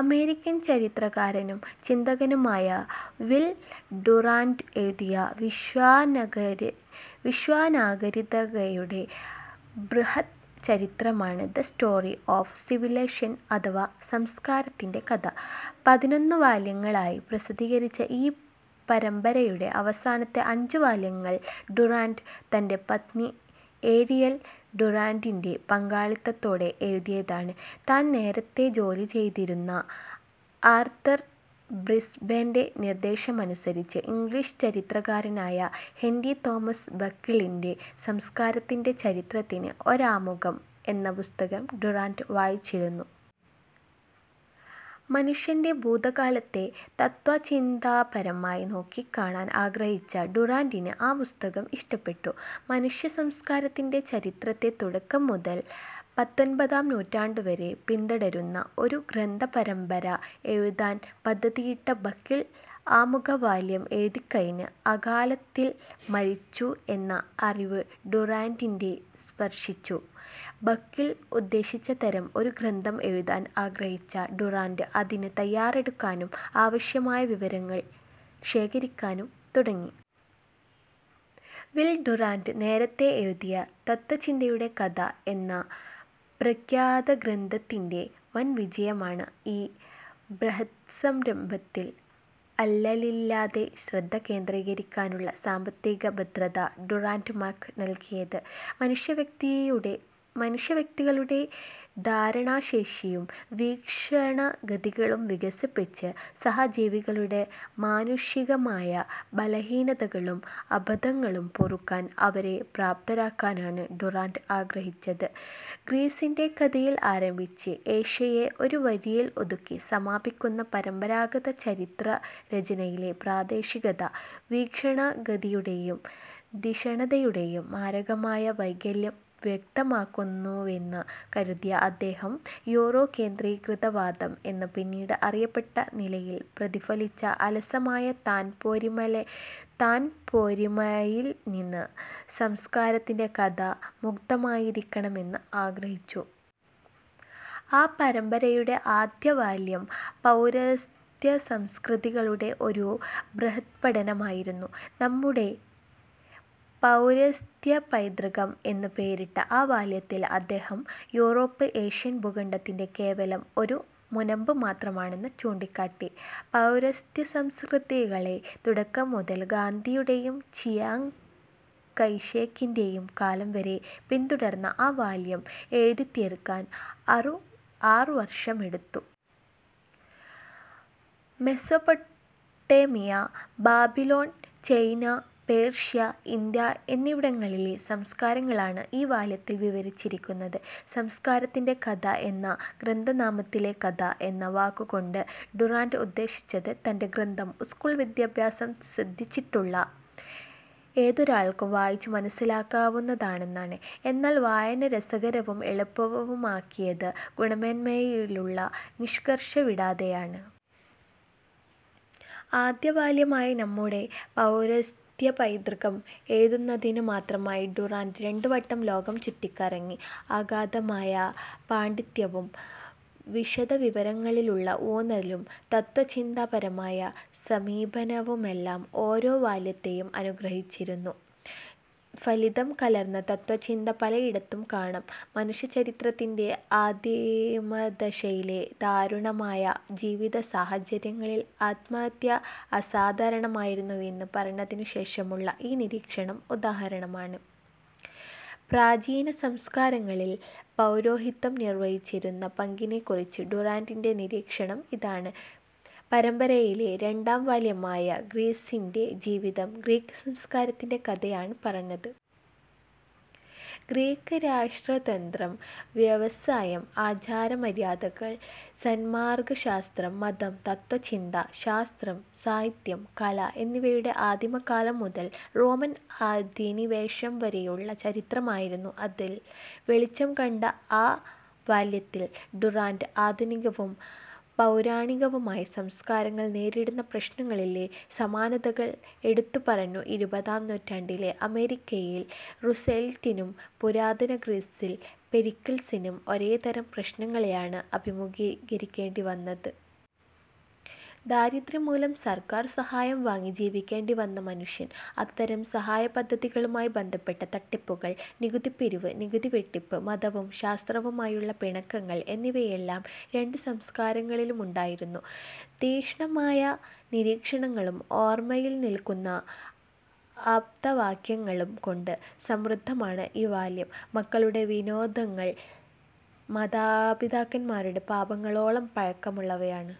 American ചരിത്രകാരനും ചിന്തകനുമായ Will Durant എഴുതിയ വിശ്വനാഗരികതയുടെ ബൃഹദ് ചരിത്രമാണ് ദ സ്റ്റോറി ഓഫ് സിവിലിസേഷൻ അഥവാ സംസ്കാരത്തിന്റെ കഥ. പതിനൊന്നു വാല്യങ്ങളായി പ്രസിദ്ധീകരിച്ച ഈ പരമ്പരയുടെ അവസാനത്തെ അഞ്ചു വാല്യങ്ങൾ ഡുറാന്റ്, തന്റെ പത്നി ഏരിയൽ ഡുറാന്റിന്റെ പങ്കാളിത്തത്തോടെ എഴുതിയതാണ്. താൻ നേരത്തേ ജോലിചെയ്തിരുന്ന ന്യൂയോർക്ക് ഈവനിങ്ങ് ജേർണലിന്റെ പത്രാധിപരായിരുന്ന ആർതർ ബ്രിസ്ബേന്റെ നിർദ്ദേശമനുസരിച്ച്, ഇംഗ്ലീഷ് ചരിത്രകാരനായ ഹെന്റി തോമസ് ബക്കിളിന്റെ "സംസ്കാരത്തിന്റെ ചരിത്രത്തിന് ഒരാമുഖം" എന്ന പുസ്തകം ഡുറാന്റ് വായിച്ചിരുന്നു. മനുഷ്യന്റെ ഭൂതകാലത്തെ തത്ത്വചിന്താപരമായി നോക്കിക്കാണാൻ ആഗ്രഹിച്ച ഡുറാന്റിന് ആ പുസ്തകം ഇഷ്ടപ്പെട്ടു. മനുഷ്യ സംസ്കാരത്തിന്റെ ചരിത്രത്തെ തുടക്കം മുതൽ പത്തൊൻപതാം നൂറ്റാണ്ടുവരെ പിന്തുടരുന്ന ഒരു ഗ്രന്ഥപരമ്പര എഴുതാൻ പദ്ധതിയിട്ട ബക്കിൾ ആമുഖവാല്യം എഴുതിക്കഴിഞ്ഞ് അകാലത്തിൽ മരിച്ചു എന്ന അറിവ് ഡുറാന്റിന്റെ സ്പർശിച്ചു. ബക്കിൾ ഉദ്ദേശിച്ചതരം ഒരു ഗ്രന്ഥം എഴുതാൻ ആഗ്രഹിച്ച ഡുറാന്റ് അതിന് തയ്യാറെടുക്കാനും ആവശ്യമായ വിവരങ്ങൾ ശേഖരിക്കാനും തുടങ്ങി. വിൽ ഡുറാന്റ് നേരത്തെ എഴുതിയ "തത്ത്വചിന്തയുടെ കഥ" എന്ന പ്രഖ്യാതഗ്രന്ഥത്തിന്റെ വൻ വിജയമാണ്, ഈ ബൃഹദ്സംരംഭത്തിൽ അല്ലലില്ലാതെ ശ്രദ്ധ കേന്ദ്രീകരിക്കാനുള്ള സാമ്പത്തിക ഭദ്രത ഡുറാന്റുമാക്ക് നൽകിയത്. മനുഷ്യവ്യക്തികളുടെ ധാരണാശേഷിയും വീക്ഷണഗതികളും വികസിപ്പിച്ച്, സഹജീവികളുടെ മാനുഷികമായ ബലഹീനതകളും അബദ്ധങ്ങളും പൊറുക്കാൻ അവരെ പ്രാപ്തരാക്കാനാണ് ഡുറാന്റ് ആഗ്രഹിച്ചത്. "ഗ്രീസിന്റെ കഥയിൽ ആരംഭിച്ച്, ഏഷ്യയെ ഒരുവരിയിൽ ഒതുക്കി സമാപിക്കുന്ന പരമ്പരാഗത ചരിത്രരചനയിലെ പ്രാദേശികത, വീക്ഷണഗതിയുടേയും ധിഷണയുടേയും മാരകമായ വൈകല്യം വ്യക്തമാക്കുന്നുവെന്നു" കരുതിയ അദ്ദേഹം, യൂറോകേന്ദ്രീകൃതവാദം എന്ന് പിന്നീട് അറിയപ്പെട്ട നിലപാടിൽ പ്രതിഫലിച്ച അലസമായ താൻപോരിമയിൽ നിന്ന് സംസ്കാരത്തിന്റെ കഥ മുക്തമായിരിക്കണമെന്ന് ആഗ്രഹിച്ചു. ആ പരമ്പരയുടെ ആദ്യവാല്യം പൗരസ്ത്യസംസ്കൃതികളുടെ ഒരു ബൃഹദ്പഠനമായിരുന്നു. "നമ്മുടെ പൗരസ്ത്യപൈതൃകം" എന്ന് പേരിട്ട ആ വാല്യത്തിൽ അദ്ദേഹം, യൂറോപ്പ് ഏഷ്യൻ ഭൂഖണ്ഡത്തിന്റെ കേവലം ഒരു മുനമ്പ് മാത്രമാണെന്ന് ചൂണ്ടിക്കാട്ടി. പൗരസ്ത്യസംസ്കൃതികളെ തുടക്കം മുതൽ ഗാന്ധിയുടേയും ചിയാങ്ങ് കൈഷേക്കിന്റേയും കാലം വരെ പിന്തുടർന്ന ആ വാല്യം എഴുതിത്തീർക്കാൻ അറു വർഷമെടുത്തു. Mesopotamia, Babylon, China, Persia, India എന്നിവിടങ്ങളിലെ സംസ്കാരങ്ങളാണ് ഈ വാല്യത്തിൽ വിവരിച്ചിരിക്കുന്നത്. "സംസ്കാരത്തിന്റെ കഥ" എന്ന ഗ്രന്ഥനാമത്തിലെ 'കഥ' എന്ന വാക്കുകൊണ്ട് ഡുറാന്റ് ഉദ്ദേശിച്ചത് തന്റെ ഗ്രന്ഥം സ്കൂൾ വിദ്യാഭ്യാസം സിദ്ധിച്ചിട്ടുള്ള ഏതൊരാൾക്കും വായിച്ചു മനസ്സിലാക്കാവുന്നതാണെന്നാണ്. എന്നാൽ വായന രസകരവും എളുപ്പവുമാക്കിയത് ഗുണമേന്മയിലുള്ള നിഷ്കർഷ വിടാതെയാണ്. ആദ്യവാല്യമായ "നമ്മുടെ പൗരസ്ത്യപൈതൃകം" എഴുതുന്നതിനുമാത്രമായി ഡുറാന്റ് രണ്ടുവട്ടം ലോകം ചുറ്റിക്കറങ്ങി. അഗാധമായ പാണ്ഡിത്യവും, വിശദവിവരങ്ങളിലുള്ള ഊന്നലും, തത്ത്വചിന്താപരമായ സമീപനവുമെല്ലാം ഓരോ വാല്യത്തേയും അനുഗ്രഹിച്ചിരുന്നു. ഫലിതം കലർന്ന തത്ത്വചിന്ത പലയിടത്തും കാണാം. മനുഷ്യചരിത്രത്തിന്റെ ആദിമദശയിലെ ദാരുണമായ ജീവിതസാഹചര്യങ്ങളിൽ ആത്മഹത്യ സാധാരണമായിരുന്നുവെന്ന് പറഞ്ഞതിനുശേഷമുള്ള ഈ നിരീക്ഷണം ഉദാഹരണമാണ്:- പ്രാചീനസംസ്കാരങ്ങളിൽ പൗരോഹിത്യം നിർവഹിച്ചിരുന്ന പങ്കിനെക്കുറിച്ച് ഡുറാന്റിന്റെ നിരീക്ഷണം ഇതാണ്:- പരമ്പരയിലെ രണ്ടാം വാല്യമായ "ഗ്രീസിന്റെ ജീവിതം", ഗ്രീക്ക് സംസ്കാരത്തിന്റെ കഥയാണ് പറഞ്ഞത്. ഗ്രീക്ക് രാഷ്ട്രതന്ത്രം, വ്യവസായം, ആചാരമര്യാദകൾ, സന്മാർഗശാസ്ത്രം, മതം, തത്ത്വചിന്ത, ശാസ്ത്രം, സാഹിത്യം, കല എന്നിവയുടെ ആദിമകാലം മുതൽ റോമൻ അധിനിവേശം വരെയുള്ള ചരിത്രമായിരുന്നു അത്. -ൽ വെളിച്ചം കണ്ട ആ വാല്യത്തിൽ ഡുറാന്റ്, ആധുനികവും പൗരാണികവുമായ സംസ്കാരങ്ങൾ നേരിടുന്ന പ്രശ്നങ്ങളിലെ സമാനതകൾ എടുത്തുപറഞ്ഞു. ഇരുപതാം നൂറ്റാണ്ടിലെ അമേരിക്കയിൽ റുസ്വെൽറ്റിനും, പുരാതന ഗ്രീസിൽ പെരിക്കിൾസിനും ഒരേതരം പ്രശ്നങ്ങളെയാണ് അഭിമുഖീകരിക്കേണ്ടിവന്നത്. ദാരിദ്ര്യം മൂലം സർക്കാർ സഹായം വാങ്ങി ജീവിക്കേണ്ടി വന്ന മനുഷ്യർ, അത്തരം സഹായപദ്ധതികളുമായി ബന്ധപ്പെട്ട തട്ടിപ്പുകൾ, നികുതിപിരിവ്, നികുതിവെട്ടിപ്പ്, മതവും ശാസ്ത്രവുമായുള്ള പിണക്കങ്ങൾ എന്നിവയെല്ലാം, രണ്ടു സംസ്കാരങ്ങളിലുമുണ്ടായിരുന്നു. തീക്ഷ്ണമായ നിരീക്ഷണങ്ങളും ഓർമ്മയിൽ നിൽക്കുന്ന ആപ്തവാക്യങ്ങളും കൊണ്ട് സമൃദ്ധമാണ് ഈ വാല്യം. "മക്കളുടെ വിനോദങ്ങൾ പിതാക്കന്മാരുടെ പാപങ്ങളോളം പഴക്കമുള്ളവയാണ്"